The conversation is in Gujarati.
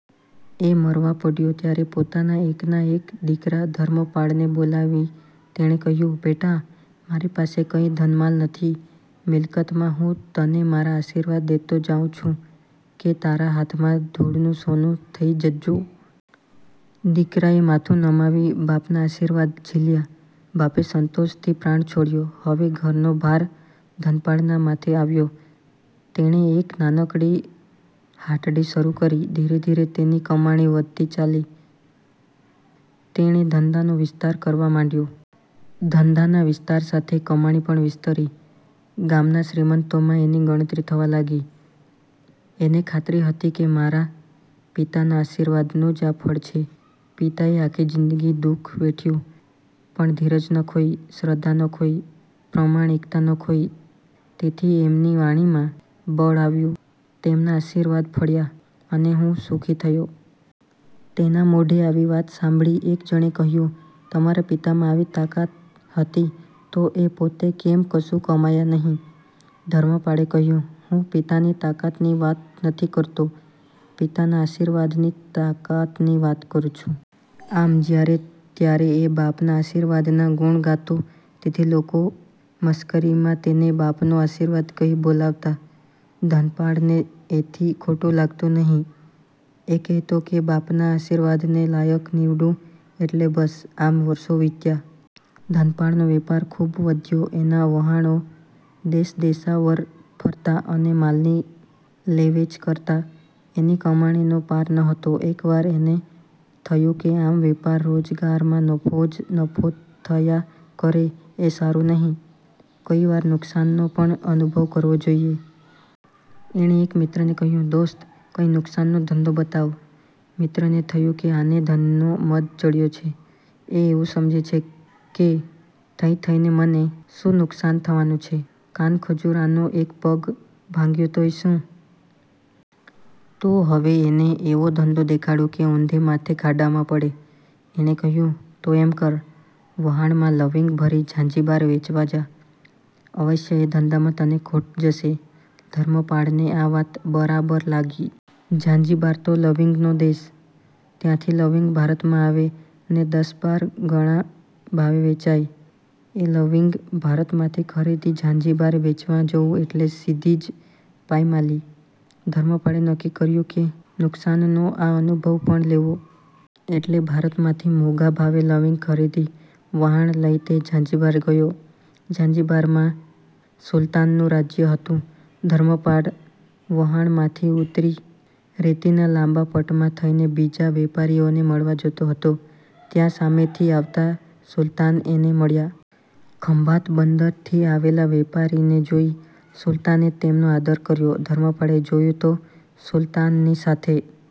એ મરવા પડ્યો ત્યારે પોતાના એકના એક દીકરા ધર્મપાળને બોલાવી તેણે કહ્યું: 'બેટા, મારી પાસે કંઈ ધનમાલ નથી. મિલકતમાં હું તને મારા આશીર્વાદ દેતો જાઉં છું કે તારા હાથમાં ધૂળનું સોનું થઈ જજો! ' દીકરાએ માથું નમાવી બાપના આશીર્વાદ ઝીલ્યા. બાપે સંતોષથી પ્રાણ છોડ્યા. હવે ઘરનો ભાર ધનપાળના માથે આવ્યો. તેણે એક નાનકડી હાટડી શરૂ કરી. ધીરે ધીરે તેની કમાણી વધતી ચાલી. તેણે ધંધાનો વિસ્તાર કરવા માંડ્યો. ધંધાના વિસ્તાર સાથે કમાણી પણ વિસ્તરી. ગામના શ્રીમંતોમાં એની ગણતરી થવા લાગી. એને ખાતરી હતી કે મારા પિતાના આશીર્વાદનું જ આ ફળ છે. પિતાએ આખી જિંદગી દુ:ખ વેઠ્યું, પણ ધીરજ ન ખોઈ, શ્રદ્ધા ન ખોઈ, પ્રમાણિકતા ન ખોઈ, તેથી એમની વાણીમાં બળ આવ્યું, તેમના આશીર્વાદ ફળ્યા, અને હું સુખી થયો. તેના મોઢે આવી વાત સાંભળી એક જણે કહ્યું: 'તમારા પિતામાં આવી તાકાત હતી, તો એ પોતે કેમ કશું કમાયા નહિ? ' ધર્મપાળે કહ્યું: 'હું પિતાની તાકાતની વાત નથી કરતો, પિતાના આશીર્વાદની તાકાતની વાત કરું છું. ' આમ જ્યારે ત્યારે એ બાપના આશીર્વાદના ગુણ ગાતો, તેથી લોકો મશ્કરીમાં તેને 'બાપનો આશીર્વાદ' કહી બોલાવતા. ધનપાળને એથી ખોટું લાગતું નહિ, એ કહેતો કે બાપના આશીર્વાદને લાયક નીવડું એટલે બસ. આમ વર્ષો વીત્યાં. ધનપાળનો વેપાર ખૂબ વધ્યો. એનાં વહાણો દેશદેશાવર ફરતાં અને માલની લેવેચ કરતાં. એની કમાણીનો પાર ન હતો. એકવાર એને થયું કે આમ વેપાર રોજગારમાં નફો જ નફો થયા કરે એ સારું નહિ, કોઈ વાર નુકસાનનો પણ અનુભવ કરવો જોઈએ. એણે એક મિત્રને કહ્યું: 'દોસ્ત, કંઈ નુકસાનનો ધંધો બતાવ! ' મિત્રને થયું કે આને ધનનો મદ ચડ્યો છે; એ એવું સમજે છે કે થઈ થઈને મને શું નુકસાન થવાનું છે? કાનખજૂરાનો એક પગ ભાંગ્યો તોય શું? તો હવે એને એવો ધંધો દેખાડું કે ઊંધે માથે ખાડામાં પડે. તેણે કહ્યું: 'તો એમ કર! વહાણમાં લવિંગ ભરી ઝાંઝીબાર વેચવા જા! અવશ્ય એ ધંધામાં તને ખોટ જશે. ' ધર્મપાળને આ વાત બરાબર લાગી. ઝાંઝીબાર તો લવિંગનો દેશ, ત્યાંથી લવિંગ ભારતમાં આવે ને દશબાર ગણા ભાવે વેચાય. એ લવિંગ ભારતમાંથી ખરીદી ઝાંઝીબાર વેચવા જવું એટલે સીધી જ પાયમાલી. ધર્મપાળે નક્કી કર્યું કે નુકસાનનો આ અનુભવ પણ લેવો. એટલે ભારતમાંથી મોંઘા ભાવે લવિંગ ખરીદી વહાણ લઈ તે ઝાંઝીબાર ગયો. ઝાંઝીબારમાં સુલતાનનું રાજ્ય હતું. ધર્મપાળ વહાણમાંથી ઊતરી રેતીના લાંબા પટમાં થઈને બીજા વેપારીઓને મળવા જતો હતો. ત્યાં સામેથી આવતા સુલતાન એને મળ્યા. ખંભાત બંદરથી આવેલા વેપારીને જોઈ સુલતાને તેમનો આદર કર્યો. ધર્મપાળે જોયું તો સુલતાનની સાથે